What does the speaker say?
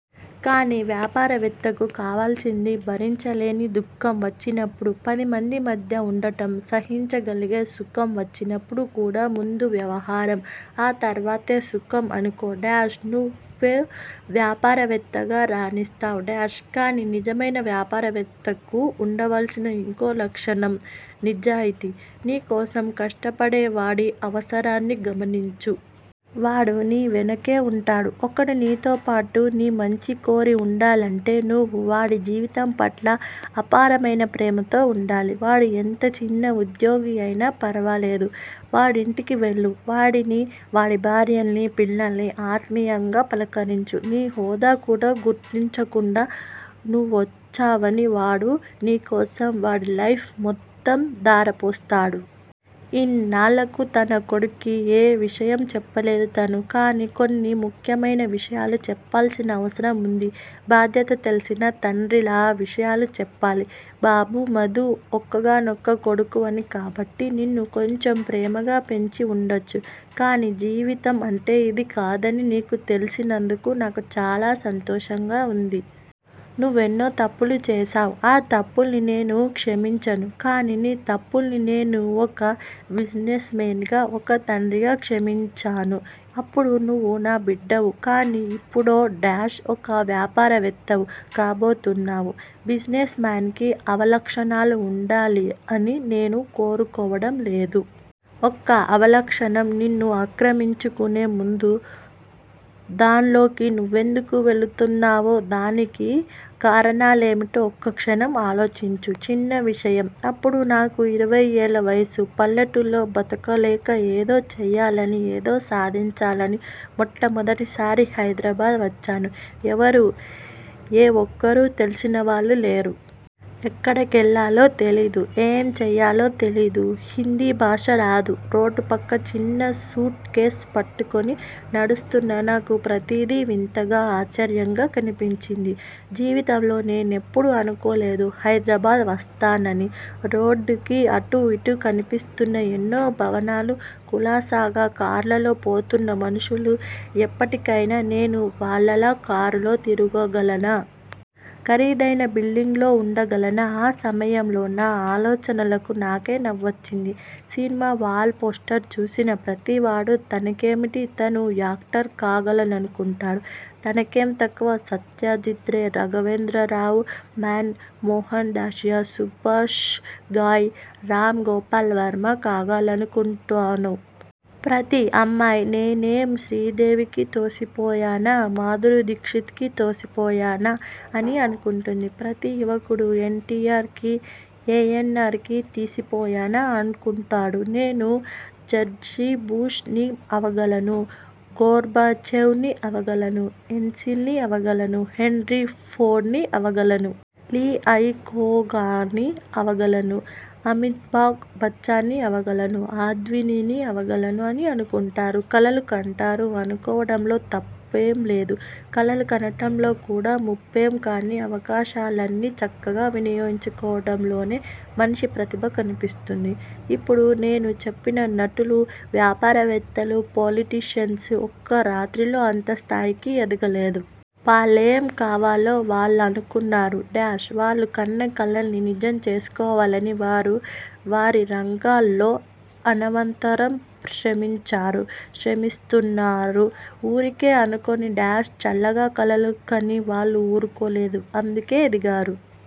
కానీ వ్యాపారవేత్తకు కావలసింది భరించలేని దుఃఖం వచ్చినప్పుడు పదిమంది మధ్య ఉండటం. సహించగలిగే సుఖం వచ్చినప్పుడు కూడా ముందు వ్యాపారం, ఆ తర్వాతే సుఖం అనుకో- నువ్వు వ్యాపారవేత్తగా రాణిస్తావ్- కానీ నిజమైన వ్యాపారవేత్తకు ఉండాల్సిన ఇంకో లక్షణం నిజాయితీ. నీ కోసం కష్టపడేవాడి అవసరాన్ని గమనించు. వాడు నీ వెనకే వుంటాడు. ఒకడు నీతో పాటు, నీ మంచి కోరి వుండాలంటే, నువ్వు వాడి జీవితం పట్ల అపారమైన ప్రేమతో వుండాలి. వాడు ఎంత చిన్న ఉద్యోగి అయినా ఫర్వాలేదు. వాడింటికి వెళ్ళు. వాడిని, వాడి భార్యని, పిల్లల్నీ ఆత్మీయంగా పలకరించు. నీ హోదా కూడా గుర్తించకుండా, నువ్వొచ్చావని వాడు నీకోసం వాడి లైఫ్ మొత్తం ధారపోస్తాడు. ఇన్నాళ్ళకు తన కొడుక్కి ఏ విషయమూ చెప్పలేదు తను. కానీ కొన్ని ముఖ్యమైన విషయాలు చెప్పాల్సిన అవసరం వుంది. బాధ్యత తెల్సిన తండ్రిలా ఆ విషయాలు చెప్పాలి. బాబూ! మధూ ఒక్కగానొక్క కొడుకువి కాబట్టి నిన్ను కొంచెం ప్రేమగా పెంచి వుండొచ్చు కానీ జీవితం అంటే ఇది కాదని నీకు తెల్సినందుకు నాకు చాలా సంతోషంగా వుంది. నువ్వెన్నో తప్పులు చేసావ్. ఆ తప్పుల్ని నేను క్షమించాను. కానీ నీ తప్పుల్ని నేను ఒక బిజినెస్ మెన్ గా, ఒక తండ్రిగా క్షమించాను. అప్పుడు నువ్వు నా బిడ్డవు. కాని ఇప్పుడో- ఒక వ్యాపారవేత్తవు కాబోతున్నావ్. బిజినెస్ మెన్ కి అవలక్షణాలు వుండాలని నేను కోరుకోవడం లేదు. ఒక అవలక్షణం నిన్ను ఆక్రమించుకునే ముందు, దాన్లోకి నువ్వెందుకు వెళుతున్నావో, దానికి కారణాలేమిటో ఒక్కక్షణం ఆలోచించు. చిన్న విషయం అప్పుడు నాకు ఇరవై ఏళ్ళ వయసు. పల్లెటూళ్ళో బతకలేక, ఏదో చెయ్యాలని, ఏదో సాధించాలని మొట్టమొదటిసారి హైద్రాబాద్ వచ్చాను. ఎవరూ, ఏ ఒక్కరూ తెల్సినవాళ్ళు లేరు. ఎక్కడకెళ్ళాలో తెలీదు. ఏం చెయ్యాలో తెలీదు. హిందీ భాష రాదు. రోడ్డు పక్క చిన్న సూట్ కేస్ పట్టుకుని నడుస్తున్న నాకు ప్రతీదీ వింతగా, ఆశ్చర్యంగా కనిపించింది. జీవితంలో నేనెప్పుడూ అనుకోలేదు హైద్రాబాద్ వస్తానని. రోడ్డుకి అటూ ఇటూ కన్పిస్తున్న ఎన్నో భవనాలు, కులాసాగా కార్లలో పోతున్న మనుషులు ఎప్పటికైనా నేను వాళ్ళలా కారులో తిరగగలనా? ఖరీదైన బిల్డింగ్ లో వుండగలనా? ఆ సమయంలో నా ఆలోచనలకు నాకే నవ్వొచ్చింది. సినిమా వాల్ పోస్టర్ చూసిన ప్రతివాడూ తనకేమిటి, తనూ యాక్టర్ కాగలననుకుంటాడు. తనకేం తక్కువ సత్యజిత్ రే, రాఘవేంద్రరావు, మాన్ మోహన్ దేశాయ్, సుభాష్ ఘాయ్, రామ్ గోపాల్ వర్మ కాగలననుకుంటాను. ప్రతి అమ్మాయీ నేనేం శ్రీదేవికి తీసిపోయానా, మాధురీ దీక్షిత్ కి తీసిపోయానా అని అనుకుంటుంది. ప్రతీ యువకుడూ ఎన్టీఆర్ కి, ఏఎన్నార్ కి, తీసిపోయానా అనుకుంటాడు. నేను జార్జిబుష్ ని అవగలను. గోర్భచేవ్ ని అవగలను. ఎల్సిన్ ని అవగలను. హెన్రీ ఫోర్డ్ ని అవగలను. లీ అయికోకాని అవగలను. అమితాబ్ బచ్చన్ని అవగలను. అద్వానీని అవగలను అని అనుకుంటారు. కలలు కంటారు. అనుకోవడంలో తప్పేంలేదు. కలలు కనటంలో కూడా ముప్పేం కాని అవకాశాల్ని చక్కగా వినియోగించుకోవడంలోనే మనిషి ప్రతిభ కన్పిస్తుంది. ఇప్పుడు నేను చెప్పిన నటులు, వ్యాపారవేత్తలు, పొలిటీషియన్స్ ఒక్క రాత్రిలో అంత స్థాయికి ఎదగలేదు. వాళ్ళేం కావాలో వాళ్ళనుకున్నారు- వాళ్ళు కన్న కలల్నీ నిజం చేసుకోవాలని వారి వారిరంగాల్లో అనవరతం శ్రమించారు, శ్రమిస్తున్నారు. ఊరికే అనుకొని- చలాగ్గా కలలు కని వాళ్ళు ఊరుకోలేదు. అందుకే ఎదిగారు.